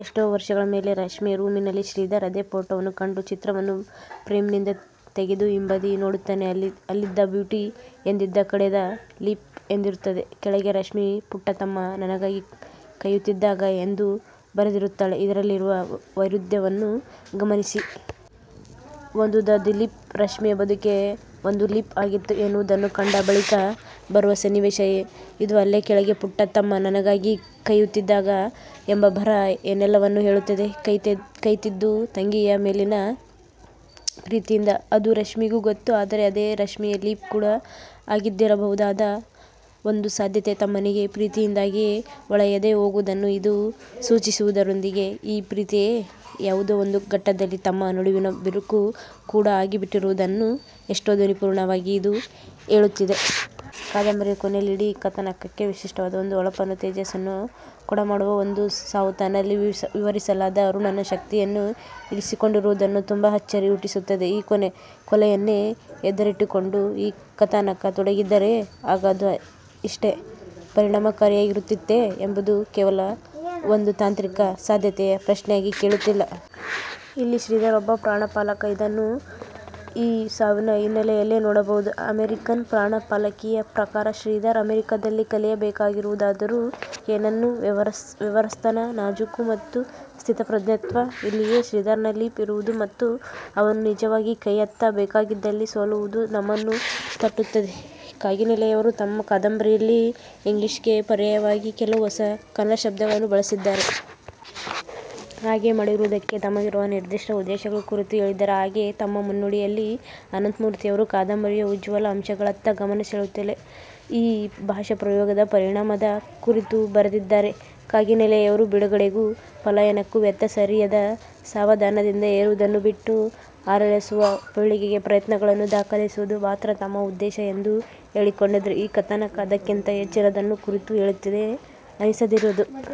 ಎಷ್ಟೋ ವರ್ಷಗಳ ಮೇಲೆ, ರಶ್ಮಿಯ ರೂಮಿನಲ್ಲಿ ಶ್ರೀಧರ ಅದೇ ಫೋಟೋವನ್ನು ಕಂಡು, ಚಿತ್ರವನ್ನು ಫ್ರೇಮಿನಿಂದ ತೆಗೆದು ಹಿಂಬದಿ ನೋಡುತ್ತಾನೆ. ಅಲ್ಲಿ ದ ಬ್ಯೂಟಿ ಎಂದಿದ್ದ ಕಡೆ ದ ಲೀಪ್ ಎಂದಿರುತ್ತದೆ. ಕೆಳಗೆ ರಶ್ಮಿ 'ಪುಟ್ಟ ತಮ್ಮ ನನಗಾಗಿ ಕೈಯೆತ್ತಿದಾಗ' ಎಂದೂ ಬರೆದಿರುತ್ತಾಳೆ. ಇದರಲ್ಲಿರುವ ವೈರುಧ್ಯವನ್ನು ಗಮನಿಸಿ. ಒಂದು ದ ಲೀಪ್, ರಶ್ಮಿಯ ಬದುಕೇ ಒಂದು ಲೀಪ್ ಆಗಿತ್ತು ಎನ್ನುವುದನ್ನು ಕಂಡ ಬಳಿಕ ಬರುವ ಸನ್ನಿವೇಶ ಇದು. ಅಲ್ಲೇ ಕೆಳಗೆ, ಪುಟ್ಟ ತಮ್ಮ ನನಗಾಗಿ ಕೈಯೆತ್ತಿದಾಗ ಎಂಬ ಬರಹ ಏನೆಲ್ಲವನ್ನು ಹೇಳುತ್ತದೆ. ಕೈಯೆತ್ತಿದ್ದು ತಂಗಿಯ ಮೇಲಿನ ಪ್ರೀತಿಯಿಂದ. ಅದು ರಶ್ಮಿಗೂ ಗೊತ್ತು. ಆದರೆ ಅದೇ ರಶ್ಮಿಯ ಲೀಪ್ ಕೂಡ ಆಗಿದ್ದಿರಬಹುದಾದ ಒಂದು ಸಾಧ್ಯತೆ ತಮ್ಮನಿಗೆ ಪ್ರೀತಿಯಿಂದಾಗಿಯೇ ಹೊಳೆಯದೇ ಹೋಗುವುದನ್ನು ಇದು ಸೂಚಿಸುವುದರೊಂದಿಗೇ ಈ ಪ್ರೀತಿಯೇ ಯಾವುದೋ ಒಂದು ಘಟ್ಟದಲ್ಲಿ ತಮ್ಮ ನಡುವಿನ ಬಿರುಕು ಕೂಡ ಆಗಿಬಿಟ್ಟಿರುವುದನ್ನು ಎಷ್ಟು ಧ್ವನಿಪೂರ್ಣವಾಗಿ ಇದು ಹೇಳುತ್ತಿದೆ. ಕಾದಂಬರಿಯ ಕೊನೆಯಲ್ಲಿ ಇಡೀ ಕಥಾನಕಕ್ಕೇ ವಿಶಿಷ್ಟವಾದ ಒಂದು ಹೊಳಪನ್ನು, ತೇಜಸ್ಸನ್ನು ಕೊಡಮಾಡುವ ಒಂದು ಸಾವು ತನ್ನಲ್ಲಿ ವಿವರಿಸಲಾರದ ಅನುರಣನ ಶಕ್ತಿಯನ್ನು ಇರಿಸಿಕೊಂಡಿರುವುದು ತುಂಬ ಅಚ್ಚರಿ ಹುಟ್ಟಿಸುತ್ತದೆ. ಈ ಕೊಲೆಯನ್ನೇ ಎದುರಿಟ್ಟುಕೊಂಡು ಈ ಕಥಾನಕ ತೊಡಗಿದ್ದರೆ ಆಗ ಅದು ಇಷ್ಟೇ ಪರಿಣಾಮಕಾರಿಯಾಗಿರುತ್ತಿತ್ತೇ ಎಂಬುದು ಕೇವಲ ಒಂದು ತಾಂತ್ರಿಕ ಸಾಧ್ಯತೆಯ ಪ್ರಶ್ನೆಯಾಗಿ ಕೇಳುತ್ತಿಲ್ಲ. ಇಲ್ಲಿ ಶ್ರೀಧರ ಒಬ್ಬ "ಪ್ರಾಣಪಾಲಕ". ಇದನ್ನು ಈ ಸಾವಿನ ಹಿನ್ನೆಲೆಯಲ್ಲಿ ನೋಡಬಹುದು. ಅಮೆರಿಕನ್ ಪ್ರಾಣಪಾಲಕಿಯ ಪ್ರಕಾರ ಶ್ರೀಧರ ಅಮೆರಿಕದಲ್ಲಿ ಕಲಿಯಬೇಕಾಗಿರುವುದಾದರೂ ಏನನ್ನು? ವ್ಯವಹಾರಸ್ಥನ ನಾಜೂಕು ಮತ್ತು ಸ್ಥಿತಪ್ರಜ್ಞತ್ವ. ಇಲ್ಲಿಯೇ ಶ್ರೀಧರನ ಲೀಪ್ ಇರುವುದು ಮತ್ತು ಅವನು ನಿಜವಾಗಿ ಕೈಯೆತ್ತ ಬೇಕಾಗಿದ್ದಲ್ಲಿ ಸೋಲುವುದು ನಮ್ಮನ್ನು ತಟ್ಟುತ್ತದೆ. ಕಾಗಿನೆಲೆಯವರು ತಮ್ಮ ಕಾದಂಬರಿಯಲ್ಲಿ ಇಂಗ್ಲೀಷ್ಗೆ ಪರ್ಯಾಯವಾಗಿ ಕೆಲವು ಹೊಸ ಕನ್ನಡ ಶಬ್ದಗಳನ್ನು ಬಳಸಿದ್ದಾರೆ. ಹಾಗೆ ಮಾಡಿರುವುದಕ್ಕೆ ತಮಗಿರುವ ನಿರ್ದಿಷ್ಟ ಉದ್ದೇಶಗಳ ಕುರಿತೂ ಹೇಳಿದ್ದಾರೆ. ಹಾಗೆಯೇ ತಮ್ಮ ಮುನ್ನುಡಿಯಲ್ಲಿ ಅನಂತಮೂರ್ತಿಯವರು ಕಾದಂಬರಿಯ ಉಜ್ವಲ ಅಂಶಗಳತ್ತ ಗಮನ ಸೆಳೆಯುತ್ತಲೇ ಈ ಭಾಷಾಪ್ರಯೋಗದ ಪರಿಣಾಮದ ಕುರಿತೂ ಬರೆದಿದ್ದಾರೆ. ಕಾಗಿನೆಲೆಯವರು ಬಿಡುಗಡೆಗೂ ಪಲಾಯನಕ್ಕೂ ವ್ಯತ್ಯಾಸ ಅರಿಯದ, ಸಾವಧಾನದಿಂದ ಏರುವುದನ್ನು ಬಿಟ್ಟು ಹಾರಲೆಳಸುವ ಪೀಳಿಗೆಯ ಪ್ರಯತ್ನಗಳನ್ನು ದಾಖಲಿಸುವುದು ಮಾತ್ರ ತಮ್ಮ ಉದ್ದೇಶ ಎಂದು ಹೇಳಿಕೊಂಡಿದ್ದರೂ ಈ ಕಥಾನಕ ಅದಕ್ಕಿಂತ ಹೆಚ್ಚಿನದನ್ನು ಕುರಿತು ಹೇಳುತ್ತಿದೆ ಅನಿಸದಿರದು.